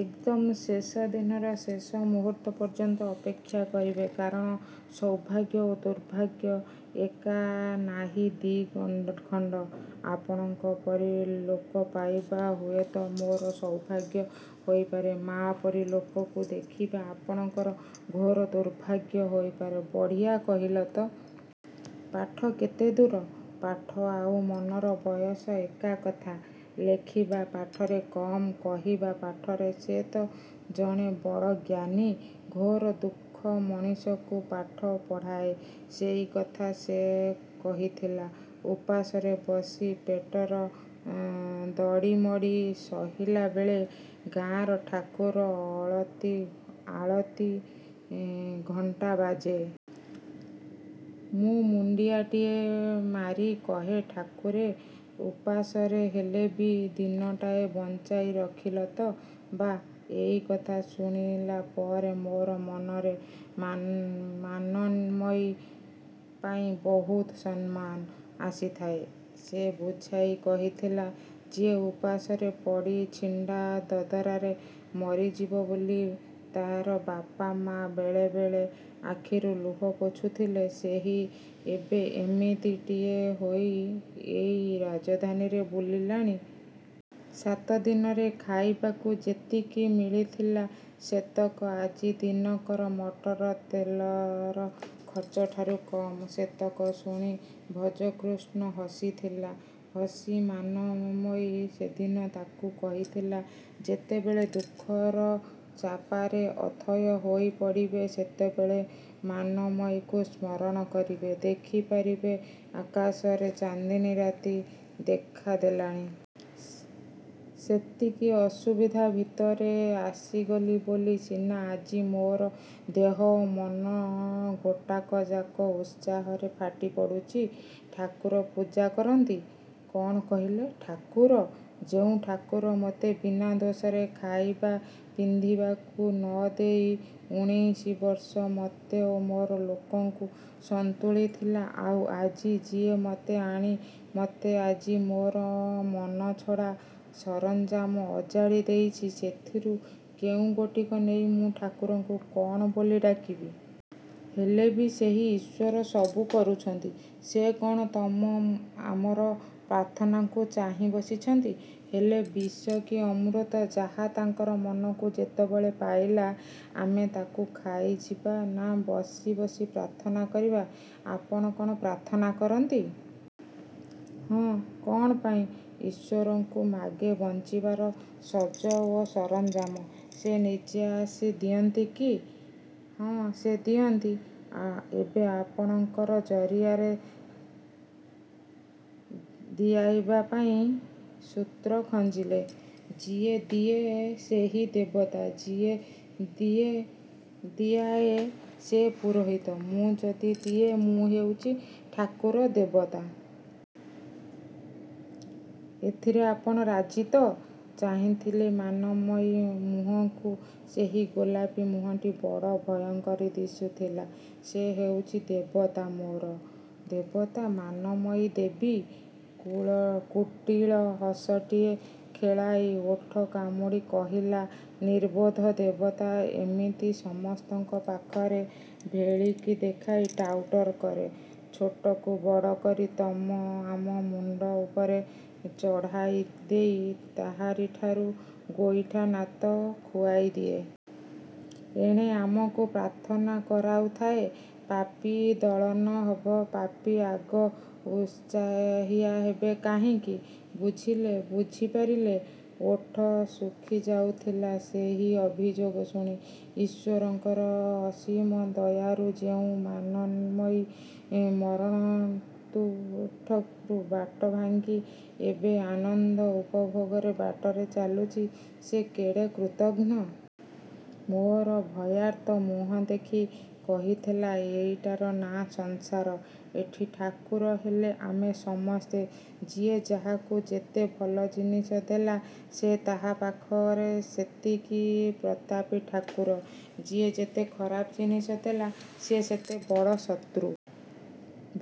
ଏକଦମ୍ ଶେଷ ଦିନର ଶେଷ ମୁହୂର୍ତ୍ତ ପର୍ଯ୍ୟନ୍ତ ଅପେକ୍ଷା କରିବେ। କାରଣ ସୌଭାଗ୍ୟ ଓ ଦୁର୍ଭାଗ୍ୟ ଏକା ନାହି ଦି'ଖଣ୍ଡ। ଆପଣଙ୍କ ପରି ଲୋକ ପାଇବା ହୁଏ ତ ମୋର ସୌଭାଗ୍ୟ ହେଇପାରେ। ମୋ'ପରି ଲୋକକୁ ଦେଖିବା ଆପଣଙ୍କର ଘୋର ଦୁର୍ଭାଗ୍ୟ ହେଇପାରେ। -ବଢ଼ିଆ କହିଲା ତ। ପାଠ କେତେ ଦୂର? -ପାଠ ଆଉ ମନର ବୟସ ଏକା କଥା। ଲେଖିବା ପାଠରେ କମ୍। କହିବା ପାଠରେ ସେ ତ ଜଣେ ବଡ଼ ଜ୍ଞାନୀ। ଘୋର ଦୁଃଖ ମଣିଷକୁ ପାଠ ପଢ଼ାଏ। ସେଇ କଥା ସେ କହିଥିଲା-ଉପାସରେ ବସି ପେଟର ଦଡ଼ିମଡ଼ି ସହିଲା ବେଳେ ଗାଁର ଠାକୁର ଆଳତି ଘଣ୍ଟା ବାଜେ। ମୁଁ ମୁଣ୍ଡିଆଟିଏ ମାରି କହେ-ଠାକୁରେ! ଉପାସରେ ହେଲେ ବି ଦିନଟାଏ ବଞ୍ଚାଇ ରଖିଲ ତ। -ବାଃ। -ଏଇ କଥା ଶୁଣିଲା ପରେ ମୋର ମନରେ ମାନମୟୀ ପାଇଁ ବହୁତ ସମ୍ମାନ। ଆସିଥିଲା-। ସେ ବୁଝାଇ କହିଥିଲା-ଯିଏ ଉପାସରେ ପଡ଼ି ଛିଣ୍ଡା ଦରବାରେ ମରିଯିବ ବୋଲି ତାହାର ବାପା ମା ବେଳେବେଳେ ଆଖିରୁ ଲୁହ ପୋଛୁଥିଲେ ସେହି ଏବେ ଏମିତିଟିଏ ହେଇ ଏଇ ରାଜଧାନୀରେ ବୁଲିଲାଣି। ସାତଦିନରେ ଖାଇବାକୁ ଯେତିକି ମିଳୁଥିଲା ସେତକ ଆଜି ଦିନକର ମଟର ତେଲର ଖର୍ଚ୍ଚଠାରୁ କମ୍। ସେତକ ଶୁଣି ଭଜକୃଷ୍ଣ ହସିଥିଲା। ହସି ମାନମୟୀ ସେଦିନ ତା'କୁ କହିଥିଲା-ଯେତେବେଳେ ଦୁଃଖର ଚାପାରେ ଅଥୟ ହୋଇପଡ଼ିବେ ସେତେବେଳେ ମାନମୟୀକୁ ସ୍ମରଣ କରିବେ। ଦେଖି ପାରିବେ ଆକାଶରେ ଚାନ୍ଦିନୀରାତି ଦେଖା ଦେଲାଣି। ସେତିକି ଅସୁବିଧା ଭିତରେ ଆସିଗଲି ବୋଲି ସିନା ଆଜି ମୋର ଦେହ ଓ ମନ ଗୋଟାକ ଯାକ ଉତ୍ସାହରେ ଫାଟି ପଡ଼ୁଛି। -ଠାକୁର ପୂଜା କରନ୍ତି? -କ'ଣ କହିଲେ? ଠାକୁର? ଯେଉଁ ଠାକୁର ମତେ ବିନା ଦୋଷରେ ଖାଇବା ପିନ୍ଧିବାକୁ ନ ଦେଇ ଉଣେଇଶି ବର୍ଷ ମତେ ଓ ମୋର ଲୋକଙ୍କୁ ସନ୍ତୁଳିଥିଲା ଆଉ ଆଜି ଯିଏ ମତେ ଆଣି ମତେ ଆଜି ମୋର ମନଛଡ଼ା ସରଞ୍ଜାମ ଅଜାଡ଼ି ଦେଇଛି ସେଥିରୁ କେଉଁଗୋଟିକ ନେଇ ମୁଁ ଠାକୁରଙ୍କୁ କ'ଣ ବୋଲି ଡାକିବି? -ହେଲେ ବି ସେହି ଈଶ୍ୱର ସବୁ କରୁଛନ୍ତି। -ସେ କ'ଣ ତମ ଆମର ପ୍ରାର୍ଥନାକୁ ଚାହିଁ ବସିଛନ୍ତି। ଦେଲେ ବିଷ କି ଅମୃତ ଯାହା ତାଙ୍କର ମନକୁ ଯେତେବେଳେ ପାଇଲା। ଆମେ ତା'କୁ ଖାଇଯିବା ନା ବସି ବସି ପ୍ରାର୍ଥନା କରିବା-? ଆପଣ କ'ଣ ପ୍ରାର୍ଥନା କରନ୍ତି? -ହଁ। -କ'ଣ ପାଇଁ? -ଈଶ୍ୱରଙ୍କୁ ମାଗେ ବଞ୍ଚିବାର ସଜ ଓ ସରଞ୍ଜାମ। -ସେ ନିଜେ ଆସି ଦିଅନ୍ତି କି? -ହଁ, ସେ ଦିଅନ୍ତି। ଏବେ ଆପଣଙ୍କ ଜରିଆରେ ଦିଆଇବା ପାଇଁ ସୂତ୍ର ଖଞ୍ଜିଲେ। -ଯିଏ ଦିଏ ସେହି ଦେବତା। ଯିଏ ଦିଆଏ ସେ ପୁରୋହିତ। ମୁଁ ଯଦି ଦିଏ ମୁଁ ହେଉଛି ଠାକୁର-ଦେବତା। ଏଥିରେ ଆପଣ ରାଜି ତ? -ଚାହିଁଥିଲି ମାନମୟୀ ମୁହଁକୁ। ସେହି ଗୋଲାପୀ ମୁହଁଟି ବଡ଼ ଭୟଙ୍କର ଦିଶିଥିଲା। ସେ ହେଉଛି ଦେବତା-ମୋର ଦେବତା-ମାନମୟୀ ଦେବୀ। କୁଟିଳ ହସଟିଏ ଖେଳାଇ ଓଠ କାମୁଡ଼ି କହିଲା-ନିର୍ବୋଧ ଦେବତା ଏମିତି ସମସ୍ତଙ୍କ ପାଖରେ ଭେଳିକି ଦେଖାଇ ଟାଉଟରି କରେ। ଛୋଟକୁ ବଡ଼ କରି ତମ ଆମ ମୁଣ୍ଡ ଉପରେ ଚଢ଼ାଇ ଦେଇ ତାହାରିଠାରୁ ଗୋଇଠା ନାତ ଖୁଆଇ ଦିଏ। ଏଣେ ଆମକୁ ପ୍ରାର୍ଥନା କରାଉଥାଏ। ପାପୀ-ଦଳନ ହବ-ପାପୀ ଆଗ ଉତ୍ପାତିଆ ହେଲେ କାହିଁକି? -ବୁଝିଲେ? ବୁଝି ପାରିଲେ? -ଓଠ ଶୁଖି ଯାଇଥିଲା ସେହି ଅଭିଯୋଗ ଶୁଣି। ଈଶ୍ୱରଙ୍କର ଅସୀମ ଦୟାରୁ ଯେଉଁ ମାନମୟୀ ମରଣତୁଠରୁ ବାଟ ଭାଙ୍ଗି ଏବେ ଆନନ୍ଦ ଉପଭୋଗର ବାଟରେ ଚାଲୁଛି ସେ କେଡ଼େ କୃତଘ୍ନ। -ମୋର ଭୟାର୍ତ୍ତ ମୁହଁ ଦେଖି କହିଥିଲା ଏଇଟାର ନାଁ ସଂସାର, ଏଠି ଠାକୁର ହେଲେ ଆମେ ସମସ୍ତେ। ଯିଏ ଯାହାକୁ ଯେତେ ଭଲ ଜିନିଷ ଦେଲା ସେ ତାହା ପାଖରେ ସେତିକି ପ୍ରତାପୀ ଠାକୁର। ଯିଏ ଯେତେ ଖରାପ ଜିନିଷ ଦେଲା ସିଏ ସେତେ ବଡ଼ ଶତ୍ରୁ।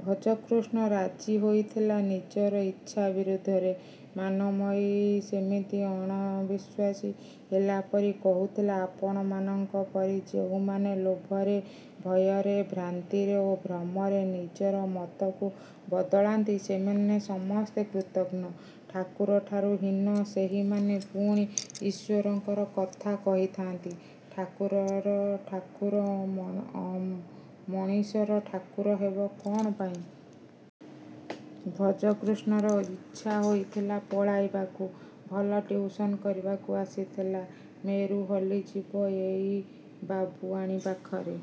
ଭଜକୃଷ୍ଣ ରାଜି ହୋଇଥିଲା ନିଜର ଇଛା ବିରୁଦ୍ଧରେ। ମାନମୟୀ ସେମିତି ଅଣବିଶ୍ୱାସୀ ହେଲାପରି କହିଥିଲା-ଆପଣମାନଙ୍କ ପରି ଯେଉଁମାନେ ଲୋଭରେ, ଭୟରେ, ଭ୍ରାନ୍ତିରେ ଓ ଭ୍ରମରେ ନିଜର ମତକୁ ବଦଳାନ୍ତି ସେମାନେ ସମସ୍ତେ କୃତଘ୍ନ-କୁକୁରଠାରୁ ହୀନ। ସେହିମାନେ ପୁଣି ଈଶ୍ୱରଙ୍କର କଥା କହିଥାନ୍ତି। କୁକୁରର ଠାକୁର ମଣିଷର ଠାକୁର ହେବେ କ'ଣ ପାଇଁ? ଭଜକୃଷ୍ଣର ଇଚ୍ଛା ହୋଇଥିଲା ପଳାଇବାକୁ-ଭଲ ଟିଉସନ୍ କରିବାକୁ ଆସିଥିଲା। ମେରୁ ହଲିଯିବ ଏଇ ବାବୁଆଣୀ ପାଖରେ।